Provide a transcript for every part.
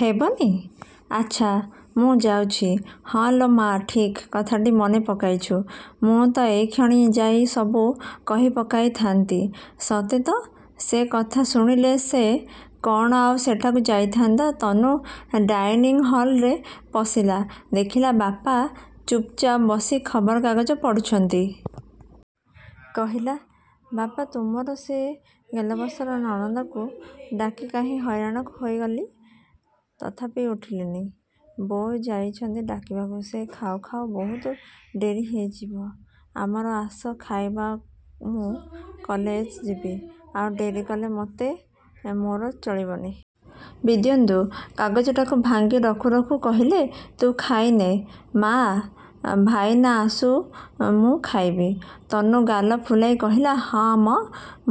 ହେବନି? ଆଚ୍ଛା, ମୁଁ ଯାଉଛି। ହଁ ଲୋ ମାଆ, ଠିକ୍ କଥାଟି ମନେ ପକାଇଛୁ। ମୁଁ ତ ଏଇକ୍ଷଣି ଯାଇ ସବୁ କହିପକାଇଥାନ୍ତି। ସତେ ତ, ସେ କଥା ଶୁଣିଲେ ସେ କ'ଣ ଆଉ ସେଠାକୁ ଯାଇଥାନ୍ତା ତନୁ ଡାଇନିଂ ହଲରେ ପଶିଲା। ଦେଖିଲା, ବାପା ଚୁପଚାପ ବସି ଖବରକାଗଜ ପଢ଼ୁଛନ୍ତି। କହିଲା, "ବାପା, ତୁମର ସେ ଗେଲବସର ନନ୍ଦନଙ୍କୁ ଡାକି ଡାକି ହଇରାଣ ହୋଇଗଲି। ତଥାପି ଉଠିଲେନି। ବୋଉ ଯାଇଛନ୍ତି ଡାକିବାକୁ, ସେ ଖାଉ ଖାଉ ବହୁତ ଡେରି ହୋଇଯିବ। ଆମର ଆସ, ଖାଇବା, ମୁଁ କଲେଜ ଯିବି। ଆଉ ଡେରି କଲେ ମୋଟେ ମୋର ଚଳିବନି। ଦିବ୍ୟେନ୍ଦୁ କାଗଜଟାକୁ ଭାଙ୍ଗି ରଖୁ ରଖୁ କହିଲେ, "ତୁ ଖାଇନେ, ମାଆ। ଭାଇନା ଆସୁ, ମୁଁ ଖାଇବି। ତନୁ ଗାଲ ଫୁଲାଇ କହିଲା, "ହଁ ମ,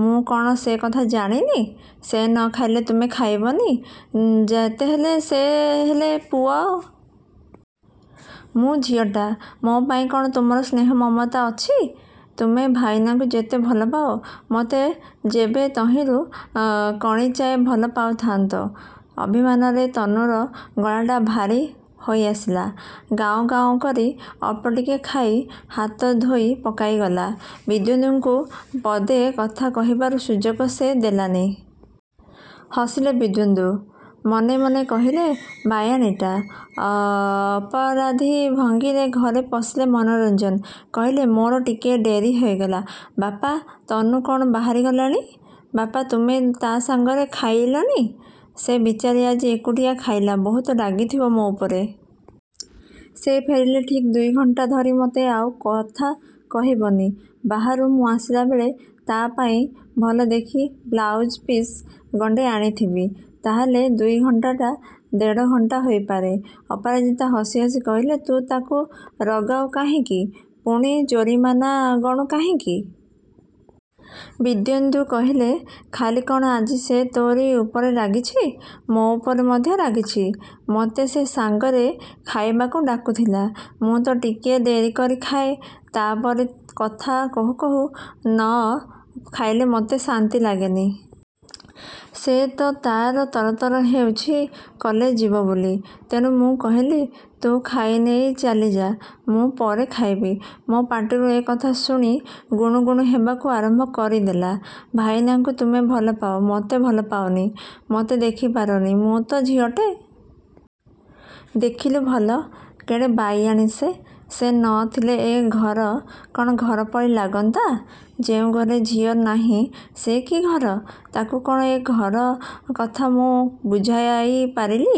ମୁଁ କ'ଣ ସେ କଥା ଜାଣିନି? ସେ ନ ଖାଇଲେ ତୁମେ ଖାଇବନି! ଯେତେହେଲେ ସେ ହେଲେ ପୁଅ। ମୁଁ ଝିଅଟା, ମୋ ପାଇଁ କ'ଣ ତୁମର ସ୍ନେହ-ମମତା ଅଛି? ତୁମେ ଭାଇନାଙ୍କୁ ଯେତେ ଭଲପାଅ, ମୋତେ ଯେବେ ତହିଁରୁ କାଣିଚାଏ ଭଲପାଉଥାନ୍ତ! ଅଭିମାନରେ ତନୁର ଗଳାଟା ଭାରି ହୋଇଆସିଲା। ଗାଉଁ ଗାଉଁ କରି ଅଳ୍ପଟିକେ ଖାଇ, ହାତ ଧୋଇ ପଳାଇଗଲା। ଦିବ୍ୟେନ୍ଦୁଙ୍କୁ ପଦେ କଥା କହିବାର ସୁଯୋଗ ସେ ଦେଲାନି। ହସିଲେ ଦିବ୍ୟେନ୍ଦୁ। ମନେ ମନେ କହିଲେ, ବାୟାଣୀଟା। ଅପରାଧୀ ଭଙ୍ଗୀରେ ଘରେ ପଶିଲେ ମନୋରଞ୍ଜନ। କହିଲେ, "ମୋର ଟିକିଏ ଡେରି ହୋଇଗଲା, ବାପା। ତନୁ କ'ଣ ବାହାରିଗଲାଣି? ବାପା, ତୁମେ ତା' ସାଙ୍ଗରେ ଖାଇଲନି? ସେ ବିଚାରୀ ଆଜି ଏକୁଟିଆ ଖାଇଲା। ବହୁତ ରାଗିଥିବ ମୋ ଉପରେ। ସେ ଫେରିଲେ ଠିକ୍ ଦୁଇ ଘଣ୍ଟା ଧରି ମୋତେ ଆଉ କଥା କହିବନି। ବାହାରୁ ମୁଁ ଆସିଲା ବେଳେ ତା' ପାଇଁ ଭଲ ଦେଖି ବ୍ଲାଉଜ୍-ପିସ୍ ଗଣ୍ଡେ ଆଣିଥିବି। ତାହାହେଲେ ଦୁଇ ଘଣ୍ଟାଟା ଦେଢ଼ ଘଣ୍ଟା ହୋଇପାରେ। ଅପରାଜିତା ହସି ହସି କହିଲେ, ତୁ ତାକୁ ରଗାଉ କାହିଁକି, ପୁଣି ଜୋରିମାନା ଗଣୁ କାହିଁକି? ଦିବ୍ୟେନ୍ଦୁ କହିଲେ, "ଖାଲି କ'ଣ ଆଜି ସେ ତୋରି ଉପରେ ରାଗିଛି? ମୋ ଉପରେ ମଧ୍ୟ ରାଗିଛି। ମୋତେ ସେ ସାଙ୍ଗରେ ଖାଇବାକୁ ଡାକୁଥିଲା। ମୁଁ ତ ଟିକିଏ ଡେରି କରି ଖାଏ, ତା'ପରେ କଥା କହୁ କହୁ ନ ଖାଇଲେ ମୋତେ ଶାନ୍ତି ଲାଗେନି। ସେ ତ ତା'ର ତରତର ହେଉଛି କଲେଜ ଯିବ ବୋଲି। ତେଣୁ ମୁଁ କହିଲି, 'ତୁ ଖାଇନେଇ ଚାଲିଯା, ମୁଁ ପରେ ଖାଇବି।' ମୋ ପାଟିରୁ ଏ କଥା ଶୁଣି ଗୁଣୁ ଗୁଣୁ ହେବାକୁ ଆରମ୍ଭ କରିଦେଲା 'ଭାଇନାଙ୍କୁ ତୁମେ ଭଲପାଅ, ମୋତେ ଭଲପାଅନି, ମୋତେ ଦେଖିପାରନି, ମୁଁ ତ ଝିଅଟେ।' ଦେଖିଲୁ ଭଲ, କେଡ଼େ ବାୟାଣୀ ସେ! ସେ ନ ଥିଲେ ଏ ଘର କ'ଣ ଘର ପରି ଲାଗନ୍ତା! ଯେଉଁ ଘରେ ଝିଅ ନାହିଁ, ସେ କି ଘର! ତାକୁ କ'ଣ ଏ ଘର କଥା ମୁଁ ବୁଝାଇପାରିଲି?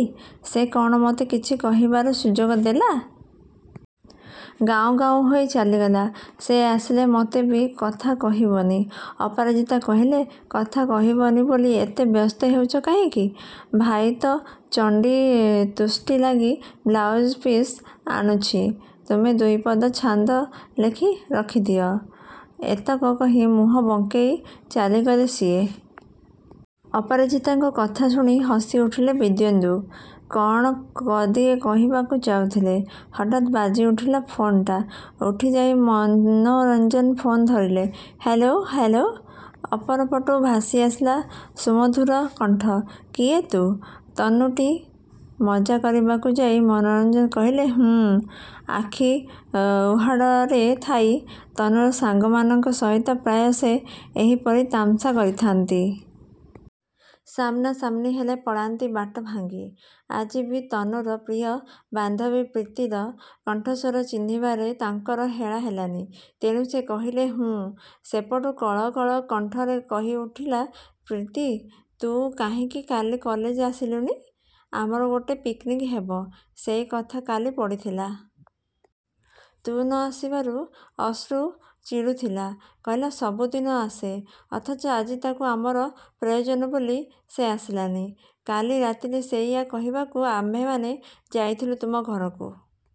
ସେ କ'ଣ ମୋତେ କିଛି କହିବାର ସୁଯୋଗ ଦେଲା? ଗାଉଁ ଗାଉଁ ହୋଇ ଚାଲିଗଲା। ସେ ଆସିଲେ ମୋତେ ବି କଥା କହିବନି। ଅପରାଜିତା କହିଲେ, "କଥା କହିବନି ବୋଲି ଏତେ ବ୍ୟସ୍ତ ହେଉଛ କାହିଁକି? ଭାଇ ତ ଚଣ୍ଡୀ ତୁଷ୍ଟି ଲାଗି ବ୍ଲାଉଜ୍-ପିସ୍ ଆଣୁଛି, ତୁମେ ଦୁଇପଦ ଛାନ୍ଦ ଲେଖି ରଖିଦିଅ।" ଏତକ କହି ମୁହଁ ବଙ୍କେଇ ଚାଲିଗଲେ ସିଏ। ଅପରାଜିତାଙ୍କ କଥା ଶୁଣି ହସିଉଠିଲେ ଦିବ୍ୟେନ୍ଦୁ। କ'ଣ ପଦିଏ କହିବାକୁ ଯାଉଥିଲେ, ହଠାତ୍ ବାଜିଉଠିଲା ଫୋନ୍‌ଟା। ଉଠିଯାଇ ମନୋରଞ୍ଜନ ଫୋନ୍ ଧରିଲେ। Hello, hello. ଅପରପଟୁ ଭାସିଆସିଲା ସୁମଧୁର କଣ୍ଠ, "କିଏ ତୁ? ତନୁଟି? ମଜା କରିବାକୁ ଯାଇ ମନୋରଞ୍ଜନ କହିଲେ, ହୁଁ। ଆଖି ଉହାଡ଼ରେ ଥାଇ ତନୁର ସାଙ୍ଗମାନଙ୍କ ସହିତ ପ୍ରାୟ ସେ ଏହିପରି ତାମସା କରିଥାନ୍ତି। ସାମନାସାମନି ହେଲେ ପଳାନ୍ତି ବାଟ ଭାଙ୍ଗି। ଆଜି ବି ତନୁର ପ୍ରିୟ ବାନ୍ଧବୀ ପ୍ରୀତିର କଣ୍ଠସ୍ୱର ଚିହ୍ନିବାରେ ତାଙ୍କର ହେଳା ହେଲାନି। ତେଣୁ ସେ କହିଲେ, ହୁଁ। ସେପଟୁ କଳକଳ କଣ୍ଠରେ କହିଉଠିଲା ପ୍ରୀତି "ତୁ କାହିଁକି କାଲି କଲେଜ ଆସିଲୁନି? ଆମର ଗୋଟେ ପିକ୍‌ନିକ୍ ହେବ, ସେଇ କଥା କାଲି ପଡ଼ିଥିଲା। ତୁ ନ ଆସିବାରୁ ଅଶ୍ରୁ ଚିଡ଼ୁଥିଲା। କହିଲା, 'ସବୁଦିନ ଆସେ, ଅଥଚ ଆଜି ତାକୁ ଆମର ପ୍ରୟୋଜନ ବୋଲି ସେ ଆସିଲାନି।' କାଲି ରାତିରେ ସେଇଆ କହିବାକୁ ଆମ୍ଭେମାନେ ଯାଇଥିଲୁ ତୁମ ଘରକୁ।